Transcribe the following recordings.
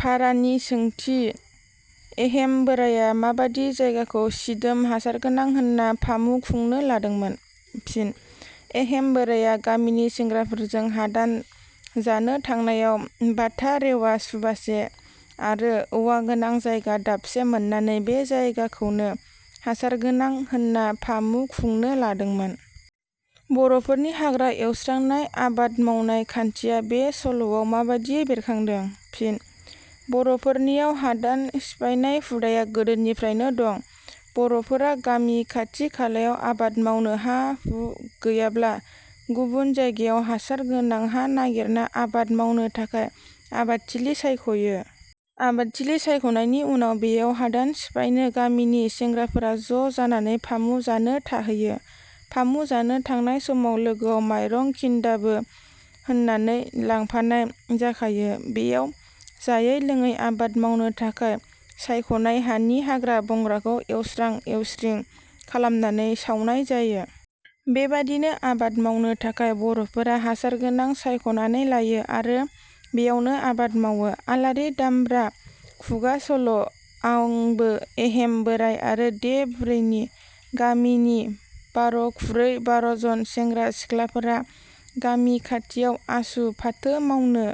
फारानि सोंथि. एहेम बोराइया माबादि जायगाखौ सिदोमा हासारगोनां होनना फामु खुंनो लादोंमोन? फिनः एहेम बोराया गामिनि सेंग्राफोरजों हादान जानो थांनायाव बाथा रेवा सुबासे आरो औवागोनां जायगा दाबसे मोननानै बे जायगाखौनो हासारगोनां होनना फामु खुंनो लादोंमोन।. बर'फोरनि हाग्रा एवस्रांनाय आबाद मावनाय खान्थिया बे सल'आव माबादियै बेरखांदों? फिन: बरफोरनियाव हादान सिफायनाय हुदाया गोदोनिफ्रायनो दं। बर'फोरा गामि खाथि खालायाव आबाद मावनो हा-हु गैयाब्ला गुबुन जायगायाव हासार गोनां हां नागिरना आबाद मावनो थाखाय आबादथिलि सायखयो। आबादथिलि सायखनायनि उनाव बेयावनो हादान सिफायनो गामिनि सेंग्राफोरा ज' जानानै फामु जानो थाहैयो। फामु जानो थांनाय समाव लोगोआव मायरं खिन्दाबो होननानै लांफानाय जाखायो। बेयावनो जायै लोंयै आबाद मावनो थाखाय सायखनाय हानि हाग्रा बंग्राखौ एवस्रां एवस्रिं खालामनानै सावनाय जायो। बेबादिनो आबाद मावनो थाखाय बर'फोरा हासारगोनां सायखनानै लायो आरो बेयावनो आबाद मावो। आलारि दामब्रा खुगा सल' आंबो एहेम बोराइ आरो दे बुरैनि गामिनि बार' खुरै बार'जन सेंग्रा सिख्लाफोरा गामि खाथियाव आसु, फाथो मावनो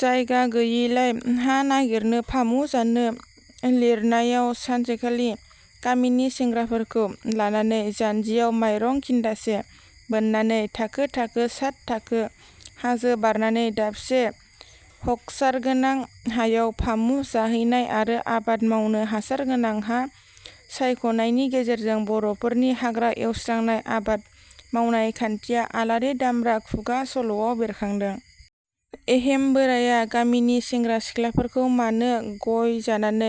जायगा गैयिलाय हा नागिरनो फामु जानो लिरनायाव सानसेखालि गामिनि सेंग्राफोरखौ लानानै जान्जियाव माइरं खिन्दासे बोननानै थाखो थाखो साथ थाखो हाजो बारनानै दाबसे हखसारगोनां हायाव फामु जाहैनाय आरो आबाद मावनो हासार गोनां हा सायखनायनि गेजेरजों बर'फोरनि हाग्रा एवस्रांनाय आबाद मावनाय खान्थिया आलारि दामब्रा खुगा सल'आव बेरखांदों।. एहेम बोराइया गामिनि सेंग्रा-सिख्लाफोरखौ मानो गइ जानानै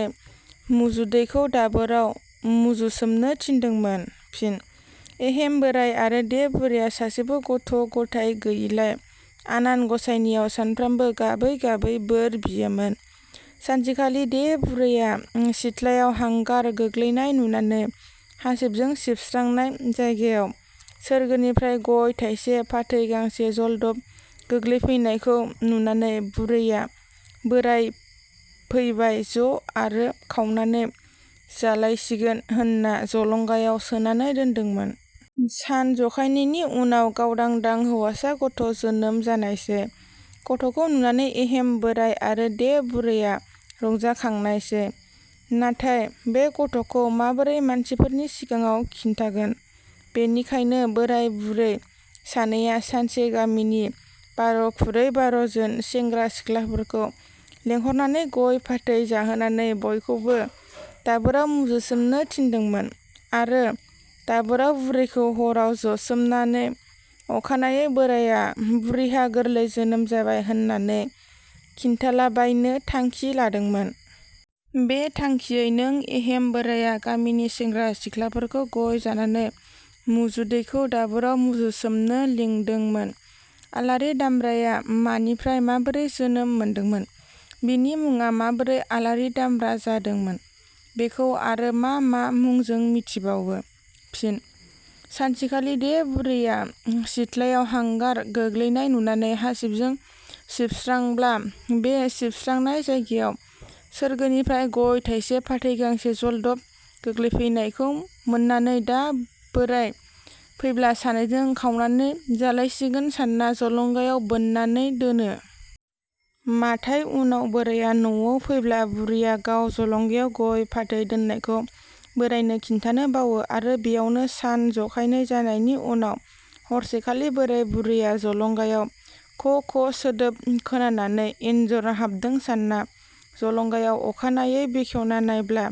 मुजुदैखौ दाबोराव मुजुसोमनो थिनदोंमोन? फिन: एहेम बैराइ आरो दे बुरैया सासेबो गथ' गथाय गैयिलाय आनान गसाइनियाव सानफ्रोमबो गाबै गाबै बोर बियोमोन। सानसेखालि दे बुरैया सिथ्लायाव हांगार गोग्लैनाय नुनानै हासिबजों सिबस्रांनाय जायगायाव सोरगोनिफ्राइ गय थाइसे फाथै गांसे जलदब गोग्लैफैनायखौ नुनानै बुरैया बोराय फैबाय ज' आरो खावनानै जालायसिगोन होननानै जलंगायाव सोनानै दोन्दोंमोन। सान जखायनैनि उनाव गावदां दां हौवासा गथ' जोनोम जानायसै। गथखौ नुनानै एहेम बोराइ आरो दे बुरैया रंजाखांनाय सै। नाथाय बे गथ'खौ माबोरै मानसिफोरनि सिगाङाव खिन्थागोन? बेनिखाइनो, बोराय बुरै सानैया सानसे गामिनि बार' खुरै बार'जोन सेंग्रा सिख्लाफोरखौ लेंहरनानै गइ फाथै जाहोनानै बयखौबो दाबोराव मुजुसोमनो थिनदोंमोन आरो दाबोराव बुरैखौ हराव जसोमहोनानै अखानायै बोराइया "बुरिहा गोरलै जोनोम जाबाय" होननानै खिन्थालाबायनो थांखि लादोंमोन। बे थांखियै नों एहेम बोराया गामिनि सेंग्रा सिख्लाफोरखौ गय जानानै मुजुदैखौ दाबोराव मुजुसोमनो लिंदोंमोन।. आलारि दामब्राया मानिफ्राय माबोरै जोनोम मोनदोंमोन? बिनि मुङा माबोरै आलारि दामब्रा जादोंमोन? बेखौ आरो मा मा मुंजों मिथिबावो? फिनः सानसेखालि दे बुरैया सिथलायाव हांगार गोलैनाय नुनानै हासिबजों सिबस्रांब्ला बे सिबस्रांनाय जायगायाव सोरगोनिफ्राय गय थाइसे फाथै गांसे जलदब गोग्लैफैनायखौ मोननानै दा बोराइ फैब्ला सानैजों खावनानै जालायसिगोन सानना जलंगायाव बोननानै दोनो। माथाय उनाव बोराइया नवाव फैब्ला बुरैया गाव जलंगायाव गय फाथै दोननायखौ बोराइनो खिन्थानो बावो आरो बेयावनो सान जखायनै जानायनि उनाव हरसेखालि बोराइ बुरैया जलंगायाव ख ख सोदोब खोनानानै एनजर हाबदों सानना जलंगायाव अखानायै बेखेवना नायब्ला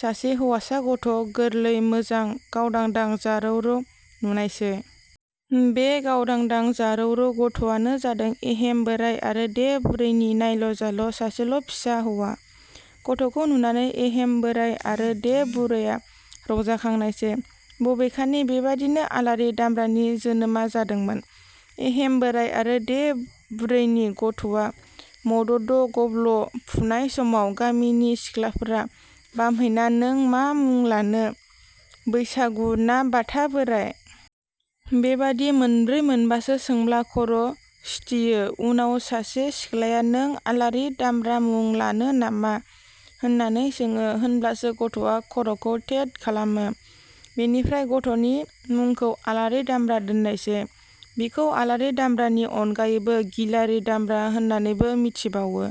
सासे हौवासा गथ' गोरलै मोजां गावदांदां जारौ रौ नुनायसै। बे गावदांदां जारौ रौ गथ'वानो जादों एहेम बोराइ आरो दे बुरैनि नायल' जाल' सासेल' फिसा हौवा। गथ'खौ नुनानै एहेम बोराइ आरो दे बुरैया रंजाखांनायसै। बबेखानि बेबादिनो आलारि दामब्रानि जोनोमा जादोंमोन। एहेम बोराइ आरो दे बुरैनि गथ'वा मद'द' गब्ल'फुनाय समाव गामिनि सिख्लाफोरा बामहैना नों मा मुं लानो बैसागु ना बाथा बोराइ? बेबादि मोनब्रै मोनबासो सोंब्ला खर' सिथियो। उनाव सासे सिख्लाया नों आलारि दामब्रा मुं लानो नामा होननानै सोङो, होनब्लासो गथ'वा खर'खौ थेद खालामो। बेनिफ्रायनो गथ'नि मुखौ आलारि दामब्रा दोननायसै। बिखौ आलारि दामब्रानि अनगायैबो गिलारि दामब्रा होननानैबो मिथिबावो।